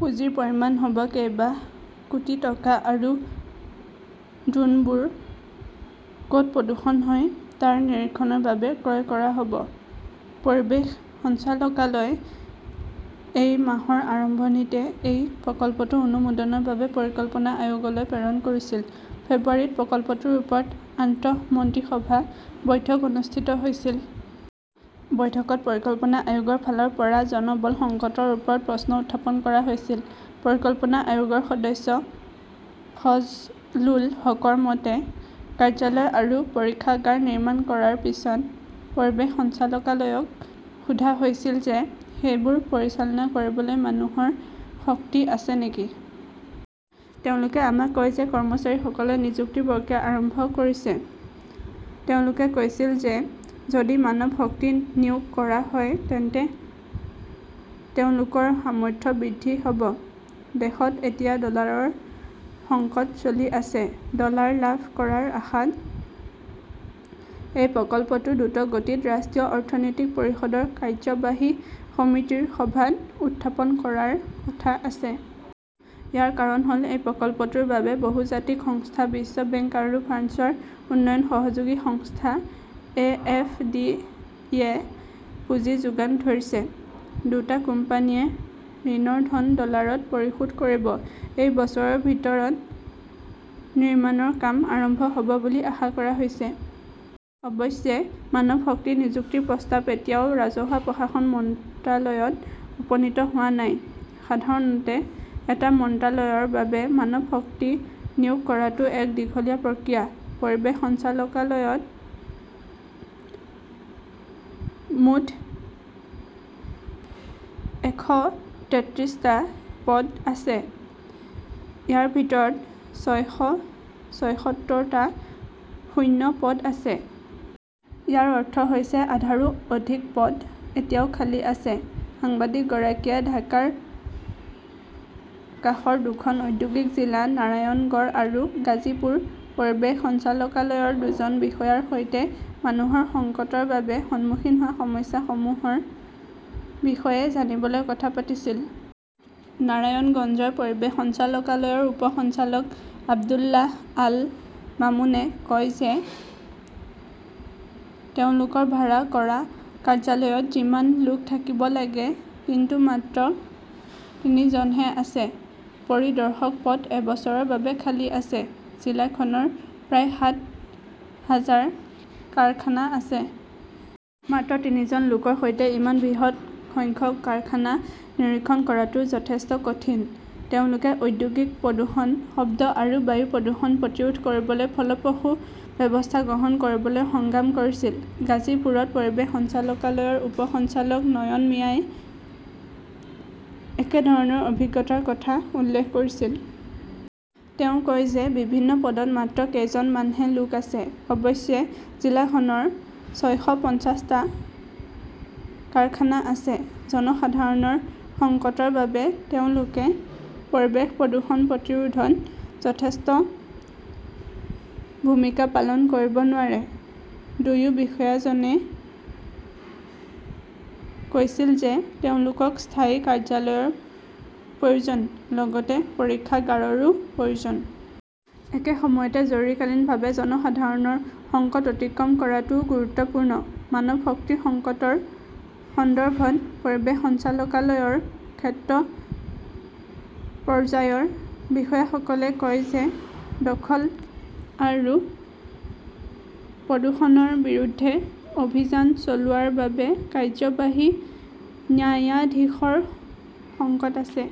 পুঁজিৰ পৰিমাণ হ'ব কেইবা কোটি টকা। আৰু ড্ৰোনবোৰ ক'ত প্ৰদূষণ হয় তাৰ নিৰীক্ষণৰ বাবে ক্ৰয় কৰা হ'ব। পৰিৱেশ সঞ্চালকালয়ই এই মাহৰ আৰম্ভণিতে এই প্ৰকল্পটো অনুমোদনৰ বাবে পৰিকল্পনা আয়োগলৈ প্ৰেৰণ কৰিছিল। ফেব্ৰুৱাৰীত প্ৰকল্পটোৰ ওপৰত আন্তঃমন্ত্ৰিসভা বৈঠক অনুষ্ঠিত হৈছিল। বৈঠকত পৰিকল্পনা আয়োগৰ ফালৰ পৰা জনবল সংকটৰ ওপৰত প্ৰশ্ন উত্থাপন কৰা হৈছিল। পৰিকল্পনা আয়োগৰ সদস্য ফজলুল হকৰ মতে, কাৰ্যালয় আৰু পৰীক্ষাগাৰ নিৰ্মাণ কৰাৰ পিছত পৰিৱেশ সঞ্চালকালয়ক সোধা হৈছিল যে সেইবোৰ পৰিচালনা কৰিবলৈ মানুহৰ শক্তি আছে নেকি। তেওঁলোকে আমাক কয় যে কৰ্মচাৰীসকলে নিযুক্তিৰ প্ৰক্ৰিয়া আৰম্ভ কৰিছে। তেওঁলোকে কৈছিল যে যদি মানৱশক্তি নিয়োগ কৰা হয় তেন্তে তেওঁলোকৰ সামৰ্থ্য বৃদ্ধি হ'ব। দেশত এতিয়া ডলাৰৰ সংকট চলি আছে। ডলাৰ লাভ কৰাৰ আশাত এই প্ৰকল্পটো দ্ৰুতগতিত ৰাষ্ট্ৰীয় অৰ্থনৈতিক পৰিষদৰ কাৰ্যবাহী সমিতিৰ সভাত উত্থাপন কৰাৰ কথা আছে। ইয়াৰ কাৰণ হ'ল এই প্ৰকল্পটোৰ বাবে বহুজাতিক সংস্থা বিশ্ব বেংক আৰু ফ্ৰান্সৰ উন্নয়ন সহযোগী সংস্থা এ. এফ. ডি. -য়ে পুঁজি যোগান ধৰিছে। দুটা কোম্পানীয়ে ঋণৰ ধন ডলাৰত পৰিশোধ কৰিব। এই বছৰৰ ভিতৰত নিৰ্মাণৰ কাম আৰম্ভ হ'ব বুলি আশা কৰা হৈছে। অৱশ্যে, মানৱশক্তি নিযুক্তিৰ প্ৰস্তাৱ এতিয়াও ৰাজহুৱা প্ৰশাসন মন্ত্ৰালয়ত উপনীত হোৱা নাই। সাধাৰণতে এটা মন্ত্ৰালয়ৰ বাবে মানৱশক্তি নিয়োগ কৰাটো এক দীঘলীয়া প্ৰক্ৰিয়া। পৰিৱেশ সঞ্চালকালয়ত মুঠ একশ তেত্ৰিশটা পদ আছে। ইয়াৰ ভিতৰত ছয়শ ছয়সত্তৰটা শূন্য পদ আছে। ইয়াৰ অৰ্থ হৈছে আধাৰো অধিক পদ এতিয়াও খালী আছে। সাংবাদিকগৰাকীয়ে ঢাকাৰ কাষৰ দুখন ঔদ্যোগিক জিলা নাৰায়ণগড় আৰু গাজীপুৰ পৰিৱেশ সঞ্চালকালয়ৰ দুজন বিষয়াৰ সৈতে মানুহৰ সংকটৰ বাবে সন্মুখীন হোৱা সমস্যাসমূহৰ বিষয়ে জানিবলৈ কথা পাতিছিল। নাৰায়ণগঞ্জৰ পৰিৱেশ সঞ্চালকালয়ৰ উপ সঞ্চালক আব্দুল্লাহ আল মামুনে কয় যে তেওঁলোকৰ ভাড়া কৰা কাৰ্যালয়ত যিমান লোক থাকিব লাগে কিন্তু মাত্ৰ তিনিজনহে আছে। পৰিদৰ্শক পদ এবছৰৰ বাবে খালী আছে। জিলাখনৰ প্ৰায় সাত হাজাৰ কাৰখানা আছে। মাত্ৰ তিনিজন লোকৰ সৈতে ইমান বৃহৎ সংখ্যক কাৰখানা নিৰীক্ষণ কৰাটো যথেষ্ট কঠিন। তেওঁলোকে ঔদ্যোগিক প্ৰদূষণ, শব্দ আৰু বায়ু প্ৰদূষণ প্ৰতিৰোধ কৰিবলৈ ফলপ্ৰসূ ব্যৱস্থা গ্ৰহণ কৰিবলৈ সংগ্ৰাম কৰিছিল। গাজীপুৰত পৰিৱেশ সঞ্চালকালয়ৰ উপ সঞ্চালক নয়ন মিয়াই একেধৰণৰ অভিজ্ঞতাৰ কথা উল্লেখ কৰিছিল। তেওঁ কয় যে বিভিন্ন পদত মাত্ৰ কেইজনমানহে লোক আছে। অৱশ্যে, জিলাখনৰ ছয়শ‌ পঞ্চাশটা কাৰখানা আছে। জনসাধাৰণৰ সংকটৰ বাবে তেওঁলোকে পৰিৱেশ প্ৰদূষণ প্ৰতিৰোধত যথেষ্ট ভূমিকা পালন কৰিব নোৱাৰে। দুয়ো বিষয়াজনে কৈছিল যে তেওঁলোকক স্থায়ী কাৰ্যালয়ৰ প্ৰয়োজন, লগতে পৰীক্ষাগাৰৰো প্ৰয়োজন। একে সময়তে জৰুৰীকালীনভাৱে জনসাধাৰণৰ সংকট অতিক্ৰম কৰাটোও গুৰুত্বপূৰ্ণ। মানৱশক্তিৰ সংকটৰ সন্দৰ্ভত পৰিৱেশ সঞ্চালকালয়ৰ ক্ষেত্ৰ পৰ্যায়ৰ বিষয়াসকলে কয় যে দখল আৰু প্ৰদূষণৰ বিৰুদ্ধে অভিযান চলোৱাৰ বাবে কাৰ্যবাহী ন্যায়াধীশৰ সংকট আছে।